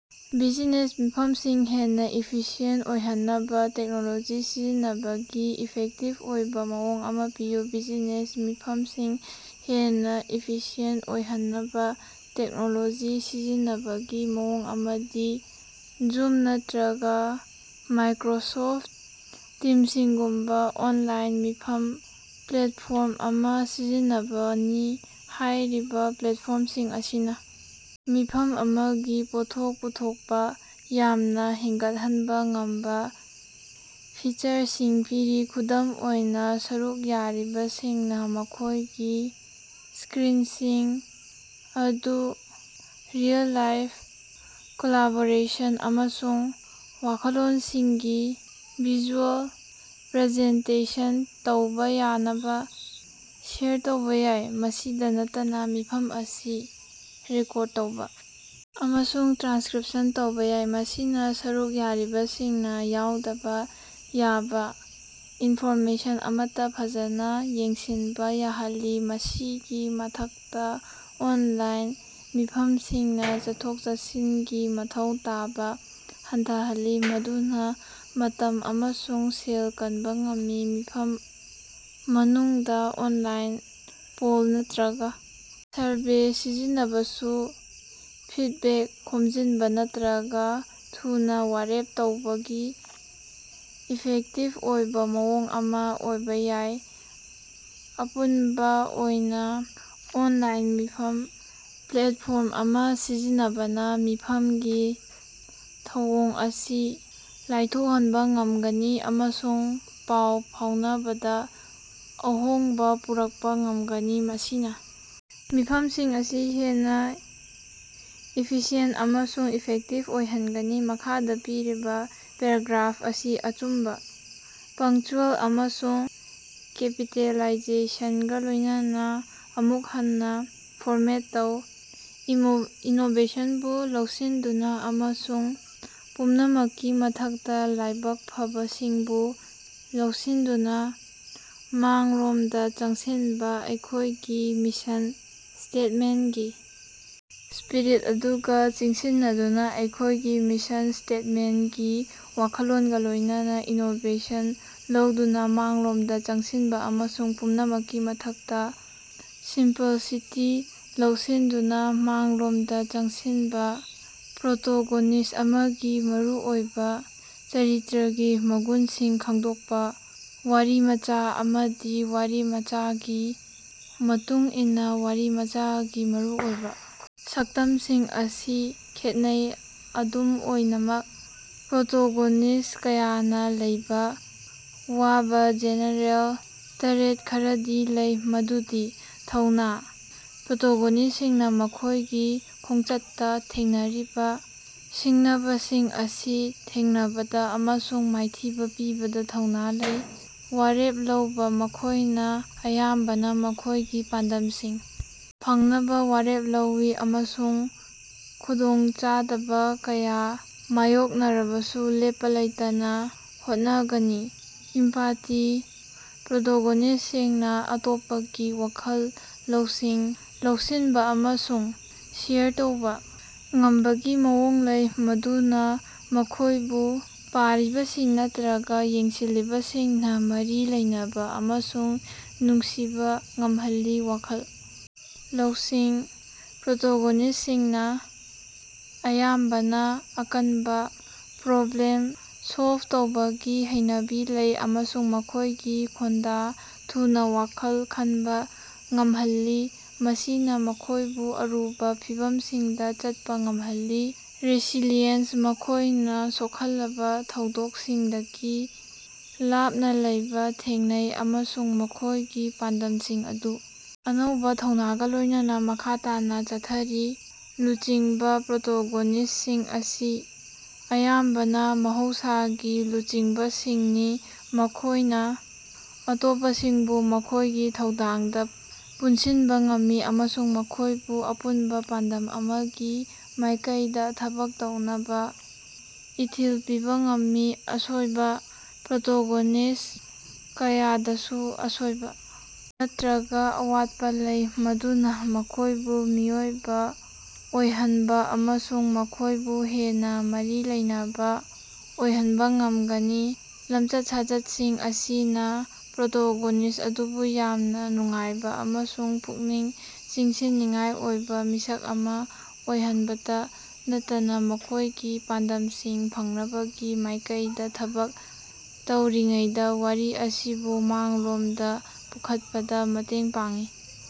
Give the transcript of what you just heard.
Business ꯃꯤꯐꯝꯁꯤꯡ ꯍꯦꯟꯅꯥ efficient ꯑꯣꯏꯍꯟꯅꯕ ꯇꯦꯛꯅꯣꯂꯣꯖꯤ ꯁꯤꯖꯤꯟꯅꯕꯒꯤ ꯏꯐꯦꯛꯇꯤꯚ ꯑꯣꯏꯕꯥ ꯃꯑꯣꯡ ꯑꯃꯥ ꯄꯤꯌꯨ꯫ ꯕꯤꯖꯤꯅꯦꯁ ꯃꯤꯐꯝꯁꯤꯡ ꯍꯦꯟꯅꯥ ꯏꯐꯤꯁꯤꯌꯦꯟꯇ ꯑꯣꯏꯍꯟꯅꯕ ꯇꯦꯛꯅꯣꯂꯣꯖꯤ ꯁꯤꯖꯤꯟꯅꯕꯒꯤ ꯃꯑꯣꯡ ꯑꯃꯗꯤ ꯖꯨꯝ ꯅꯠꯇꯔꯒꯥ ꯃꯥꯏꯀꯔꯣꯁꯣꯐ ꯇꯤꯝꯁꯤꯡꯒꯨꯝꯕꯥ ꯑꯣꯟꯂꯥꯏꯟ ꯃꯤꯐꯝ ꯄ꯭ꯂꯦꯠꯐꯣꯝ ꯑꯃꯥ ꯁꯤꯖꯤꯟꯅꯕꯅꯤ꯫ ꯍꯥꯏꯔꯤꯕꯥ ꯄ꯭ꯂꯦꯠꯐꯣꯝꯁꯤꯡ ꯑꯁꯤꯅ ꯃꯤꯐꯝ ꯑꯃꯒꯤ ꯄꯣꯠꯊꯣꯛ ꯄꯨꯊꯣꯛꯄꯥ ꯌꯥꯝꯅꯥ ꯍꯦꯟꯒꯠꯍꯟꯕꯥ ꯉꯝꯕꯥ ꯐꯤꯆꯔꯁꯤꯡ ꯄꯤꯔꯤ꯫ ꯈꯨꯗꯝ ꯑꯣꯏꯅꯥ, ꯁꯔꯨꯛ ꯌꯥꯔꯤꯕꯁꯤꯡꯅꯥ ꯃꯈꯣꯏꯒꯤ ꯁ꯭ꯀꯔꯤꯟꯁꯤꯡ ꯑꯗꯨ ꯔꯤꯑꯦꯜ-ꯇꯥꯏꯝ ꯀꯣꯂꯥꯕꯣꯔꯦꯁꯟ ꯑꯃꯁꯨꯡ ꯋꯥꯈꯜꯂꯣꯟꯁꯤꯡꯒꯤ ꯚꯤꯖꯨꯑꯦꯜ ꯄ꯭ꯔꯖꯦꯟꯇꯦꯁꯟ ꯇꯧꯕꯥ ꯌꯥꯅꯕ ꯁꯦꯌꯔ ꯇꯧꯕꯥ ꯌꯥꯏ꯫ ꯃꯁꯤꯗꯥ ꯅꯠꯇꯅ ꯃꯤꯐꯝ ꯑꯁꯤ ꯔꯦꯀꯣꯔꯗ ꯇꯧꯕꯥ ꯑꯃꯁꯨꯡ ꯇ꯭ꯔꯥꯟꯁꯀꯔꯤꯞꯁꯟ ꯇꯧꯕꯥ ꯌꯥꯏ, ꯃꯁꯤꯅꯥ ꯁꯔꯨꯛ ꯌꯥꯔꯤꯕꯁꯤꯡꯅꯥ ꯌꯥꯎꯗꯕꯥ ꯌꯥꯕꯥ ꯏꯟꯐꯣꯔꯃꯦꯁꯟ ꯑꯃꯠꯇꯥ ꯐꯖꯅꯥ ꯌꯦꯡꯁꯤꯟꯕꯥ ꯌꯥꯍꯜꯂꯤ꯫ ꯃꯁꯤꯒꯤ ꯃꯊꯛꯇꯥ, ꯑꯣꯟꯂꯥꯏꯟ ꯃꯤꯐꯝꯁꯤꯡꯅꯥ ꯆꯠꯊꯣꯛ-ꯆꯠꯁꯤꯟꯒꯤ ꯃꯊꯧ ꯇꯥꯕꯥ ꯍꯟꯊꯍꯜꯂꯤ, ꯃꯗꯨꯅꯥ ꯃꯇꯝ ꯑꯃꯁꯨꯡ ꯁꯦꯜ ꯀꯟꯕ ꯉꯝꯃꯤ꯫ ꯃꯤꯐꯝ ꯃꯅꯨꯡꯗ ꯑꯣꯟꯂꯥꯏꯟ ꯄꯣꯜ ꯅꯠꯇꯔꯒꯥ ꯁꯔꯚꯦ ꯁꯤꯖꯤꯟꯅꯕꯁꯨ ꯐꯤꯗꯕꯦꯛ ꯈꯣꯝꯖꯤꯟꯕꯥ ꯅꯠꯇꯔꯒ ꯊꯨꯅꯥ ꯋꯥꯔꯦꯞ ꯂꯧꯕꯒꯤ ꯏꯐꯦꯛꯇꯤꯕ ꯑꯣꯏꯕꯥ ꯃꯑꯣꯡ ꯑꯃꯥ ꯑꯣꯏꯕꯥ ꯌꯥꯏ꯫ ꯑꯄꯨꯟꯕ ꯑꯣꯏꯅꯥ, ꯑꯣꯟꯂꯥꯏꯟ ꯃꯤꯐꯝ ꯄ꯭ꯂꯦꯠꯐꯣꯔꯝ ꯑꯃꯥ ꯁꯤꯖꯤꯟꯅꯕꯅ ꯃꯤꯐꯝꯒꯤ ꯊꯧꯑꯣꯡ ꯑꯁꯤ ꯂꯥꯏꯊꯣꯛꯍꯟꯕꯥ ꯉꯝꯒꯅꯤ ꯑꯃꯁꯨꯡ ꯄꯥꯎ ꯐꯥꯎꯅꯕꯗꯥ ꯑꯍꯣꯡꯕ ꯄꯨꯔꯛꯄꯥ ꯉꯝꯒꯅꯤ, ꯃꯁꯤꯅꯥ ꯃꯤꯐꯝꯁꯤꯡ ꯑꯁꯤ ꯍꯦꯟꯅꯥ ꯏꯐꯤꯁꯤꯌꯦꯟꯇ ꯑꯃꯁꯨꯡ ꯏꯐꯦꯛꯇꯤꯕ ꯑꯣꯏꯍꯟꯒꯅꯤ꯫ ꯃꯈꯥꯗꯥ ꯄꯤꯔꯤꯕꯥ ꯄꯦꯔꯥꯒ꯭ꯔꯥꯐ ꯑꯁꯤ ꯑꯆꯨꯝꯕ ꯄꯪꯆ꯭ꯌꯨꯑꯦꯜ ꯑꯃꯁꯨꯡ ꯀꯦꯄꯤꯇꯦꯂꯥꯏꯖꯦꯁꯟꯒꯥ ꯂꯣꯏꯅꯅꯥ ꯑꯃꯨꯛ ꯍꯟꯅꯥ ꯐꯣꯔꯃꯦꯠ ꯇꯧ꯫ ꯏꯅꯣꯕꯦꯁꯟꯕꯨ ꯂꯧꯁꯤꯟꯗꯨꯅꯥ ꯑꯃꯁꯨꯡ ꯄꯨꯝꯅꯃꯛꯀꯤ ꯃꯊꯛꯇꯥ ꯂꯥꯏꯕꯛ ꯐꯕꯁꯤꯡꯕꯨ ꯂꯧꯁꯤꯟꯗꯨꯅꯥ ꯃꯥꯡꯂꯣꯝꯗꯥ ꯆꯪꯁꯤꯟꯅꯕꯥ ꯑꯩꯈꯣꯏꯒꯤ ꯃꯤꯁꯟ ꯁ꯭ꯇꯦꯠꯃꯦꯟꯇꯀꯤ ꯁ꯭ꯄꯤꯔꯤꯠ ꯑꯗꯨꯒꯥ ꯆꯤꯡꯁꯤꯟꯅꯗꯨꯅꯥ꯫ ꯑꯩꯈꯣꯏꯒꯤ ꯃꯤꯁꯟ ꯁ꯭ꯇꯦꯠꯃꯦꯟꯠꯀꯤ ꯋꯥꯈꯜꯂꯣꯟꯒꯥ ꯂꯣꯏꯅꯅꯥ, ꯏꯅꯣꯕꯦꯁꯟ ꯂꯧꯗꯨꯅ ꯃꯥꯡꯂꯣꯝꯗ ꯆꯪꯁꯤꯟꯕ ꯑꯃꯁꯨꯡ ꯄꯨꯝꯅꯃꯛꯀꯤ ꯃꯊꯛꯇꯥ ꯁꯤꯝꯄꯜꯁꯤꯇꯤ ꯂꯧꯁꯤꯟꯗꯨꯅ ꯃꯥꯡꯂꯣꯝꯗ ꯆꯪꯁꯤꯟꯕ꯫ ꯄ꯭ꯔꯣꯇꯣꯒꯣꯅꯤꯁ꯭ꯠ ꯑꯃꯒꯤ ꯃꯔꯨꯑꯣꯏꯕꯥ ꯆꯔꯤꯇꯔꯒꯤ ꯃꯒꯨꯟꯁꯤꯡ ꯈꯪꯗꯣꯛꯄꯥ꯫ ꯋꯥꯔꯤꯃꯆꯥ ꯑꯃꯗꯤ ꯋꯥꯔꯤꯃꯆꯥꯒꯤ ꯃꯇꯨꯡ ꯏꯟꯅꯥ ꯋꯥꯔꯤꯃꯆꯥꯒꯤ ꯃꯔꯨ ꯑꯣꯏꯕꯥ ꯁꯛꯇꯝꯁꯤꯡ ꯑꯁꯤ ꯈꯦꯠꯅꯩ꯫ ꯑꯗꯨꯝ ꯑꯣꯏꯅꯃꯛ, ꯄ꯭ꯔꯣꯇꯣꯒꯣꯅꯤꯁ꯭ꯠ ꯀꯌꯥꯅꯥ ꯂꯩꯕꯥ ꯌꯥꯕꯥ ꯖꯦꯅꯦꯔꯦꯜ ꯇ꯭ꯔꯦꯠ ꯈꯔꯗꯤ ꯂꯩ ꯃꯗꯨꯗꯤ: ꯊꯧꯅꯥ: ꯄ꯭ꯔꯣꯇꯣꯒꯣꯅꯤꯁ꯭ꯇꯁꯤꯡꯅꯥ ꯃꯈꯣꯏꯒꯤ ꯈꯣꯡꯆꯠꯇꯥ ꯊꯦꯡꯅꯔꯤꯕꯥ ꯁꯤꯡꯅꯕꯁꯤꯡ ꯑꯁꯤ ꯊꯦꯡꯅꯕꯗꯥ ꯑꯃꯁꯨꯡ ꯃꯥꯏꯊꯤꯕꯥ ꯄꯤꯕꯗꯥ ꯊꯧꯅꯥ ꯂꯩ꯫ ꯋꯥꯔꯦꯞ ꯂꯧꯕꯥ: ꯃꯈꯣꯏꯅꯥ ꯑꯌꯥꯝꯕꯅ ꯃꯈꯣꯏꯒꯤ ꯄꯥꯟꯗꯝꯁꯤꯡ ꯐꯪꯅꯕꯥ ꯋꯥꯔꯦꯞ ꯂꯧꯏ ꯑꯃꯁꯨꯡ ꯈꯨꯗꯣꯡꯆꯥꯗꯕꯥ ꯀꯌꯥ ꯃꯥꯌꯣꯛꯅꯔꯕꯁꯨ ꯂꯦꯞꯄꯥ ꯂꯩꯇꯅꯥ ꯍꯣꯠꯅꯒꯅꯤ꯫ ꯏꯝꯄꯥꯇꯤ: ꯄ꯭ꯔꯣꯇꯣꯒꯣꯅꯤꯁ꯭ꯇꯁꯤꯡꯅꯥ ꯑꯇꯣꯞꯄꯒꯤ ꯋꯥꯈꯜ ꯂꯧꯁꯤꯡ ꯂꯧꯁꯤꯟꯕ ꯑꯃꯁꯨꯡ ꯁꯦꯌꯔ ꯇꯧꯕꯥ ꯉꯝꯕꯒꯤ ꯃꯑꯣꯡ ꯂꯩ, ꯃꯗꯨꯅꯥ ꯃꯈꯣꯏꯕꯨ ꯄꯥꯔꯤꯕꯁꯤꯡ ꯅꯠꯇꯔꯒ ꯌꯦꯡꯂꯤꯕꯁꯤꯡꯅ ꯃꯔꯤ ꯂꯩꯅꯕ ꯑꯃꯁꯨꯡ ꯅꯨꯡꯁꯤꯕꯥ ꯉꯝꯍꯜꯂꯤ꯫ ꯋꯥꯈꯜ ꯂꯧꯁꯤꯡ: ꯄ꯭ꯔꯣꯇꯣꯒꯣꯅꯤꯁ꯭ꯇꯁꯤꯡꯅ ꯑꯌꯥꯝꯕꯅ ꯑꯀꯟꯕꯥ ꯄ꯭ꯔꯣꯕ꯭ꯂꯦꯝ ꯁꯣꯜꯕ ꯇꯧꯕꯒꯤ ꯍꯩꯅꯕꯤ ꯂꯩ ꯑꯃꯁꯨꯡ ꯃꯈꯣꯏꯒꯤ ꯈꯣꯡꯗꯥ ꯊꯨꯅꯥ ꯋꯥꯈꯜ ꯈꯟꯕꯥ ꯉꯝꯍꯜꯂꯤ, ꯃꯁꯤꯅꯥ ꯃꯈꯣꯏꯕꯨ ꯑꯔꯨꯕꯥ ꯐꯤꯚꯝꯁꯤꯡꯗꯥ ꯆꯠꯄꯥ ꯉꯝꯍꯜꯂꯤ꯫ ꯔꯦꯁꯤꯂꯤꯌꯦꯟꯁ: ꯃꯈꯣꯏꯅꯥ ꯁꯣꯛꯍꯜꯂꯕꯥ ꯊꯧꯗꯣꯛꯁꯤꯡꯗꯒꯤ ꯂꯥꯞꯅꯥ ꯂꯩꯕꯥ ꯊꯦꯡꯅꯩ, ꯑꯃꯁꯨꯡ ꯃꯈꯣꯏꯒꯤ ꯄꯥꯟꯗꯝꯁꯤꯡ ꯑꯗꯨ ꯑꯅꯧꯕꯥ ꯊꯧꯅꯥꯒ ꯂꯣꯏꯅꯅꯥ ꯃꯈꯥ ꯇꯥꯅꯥ ꯆꯠꯊꯔꯤ꯫ ꯂꯨꯆꯤꯡꯕꯥ: ꯄ꯭ꯔꯣꯇꯣꯒꯣꯅꯤꯁ꯭ꯇꯁꯤꯡ ꯑꯁꯤ ꯑꯌꯥꯝꯕꯅꯥ ꯃꯍꯧꯁꯥꯒꯤ ꯂꯨꯆꯤꯡꯕꯁꯤꯡꯅꯤ, ꯃꯈꯣꯏꯅꯥ ꯑꯇꯣꯞꯄꯁꯤꯡꯕꯨ ꯃꯈꯣꯏꯒꯤ ꯊꯧꯗꯥꯡꯗ ꯄꯨꯟꯁꯤꯟꯕ ꯉꯝꯃꯤ ꯑꯃꯁꯨꯡ ꯃꯈꯣꯏꯕꯨ ꯑꯄꯨꯟꯕꯥ ꯄꯥꯟꯗꯝ ꯑꯃꯒꯤ ꯃꯥꯏꯀꯩꯗꯥ ꯊꯕꯛ ꯇꯧꯅꯕꯥ ꯏꯊꯤꯜ ꯄꯤꯕꯥ ꯉꯝꯃꯤ꯫ ꯑꯁꯣꯏꯕꯥ: ꯄ꯭ꯔꯣꯇꯣꯒꯣꯅꯤꯁ꯭ꯠ ꯀꯌꯥꯗꯁꯨ ꯑꯁꯣꯏꯕ ꯅꯠꯇꯔꯒꯥ ꯑꯋꯥꯠꯄꯥ ꯂꯩ ꯃꯗꯨꯅꯥ ꯃꯈꯣꯏꯕꯨ ꯃꯤꯑꯣꯏꯕ ꯑꯣꯏꯍꯟꯕ ꯑꯃꯁꯨꯡ ꯃꯈꯣꯏꯕꯨ ꯍꯦꯟꯅꯥ ꯃꯔꯤ ꯂꯩꯅꯕꯥ ꯑꯣꯏꯍꯟꯕꯥ ꯉꯝꯒꯅꯤ꯫ ꯂꯝꯆꯠ-ꯁꯥꯖꯠꯁꯤꯡ ꯑꯁꯤꯅꯥ ꯄ꯭ꯔꯣꯇꯣꯒꯣꯅꯤꯁ꯭ꯠ ꯑꯗꯨꯕꯨ ꯌꯥꯝꯅ ꯅꯨꯡꯉꯥꯏꯕꯥ ꯑꯃꯁꯨꯡ ꯄꯨꯛꯅꯤꯡ ꯆꯤꯡꯁꯤꯟꯅꯤꯡꯉꯥꯏ ꯑꯣꯏꯕꯥ ꯃꯤꯁꯛ ꯑꯃꯥ ꯑꯣꯏꯍꯟꯕꯇ ꯅꯠꯇꯅꯥ ꯃꯈꯣꯏꯒꯤ ꯄꯥꯟꯗꯝꯁꯤꯡ ꯐꯪꯅꯕꯒꯤ ꯃꯥꯏꯀꯩꯗꯥ ꯊꯕꯛ ꯇꯧꯔꯤꯉꯩꯗꯥ ꯋꯥꯔꯤ ꯑꯁꯤꯕꯨ ꯃꯥꯡꯂꯣꯝꯗꯥ ꯄꯨꯈꯠꯄꯗꯥ ꯃꯇꯦꯡ ꯄꯥꯡꯏ꯫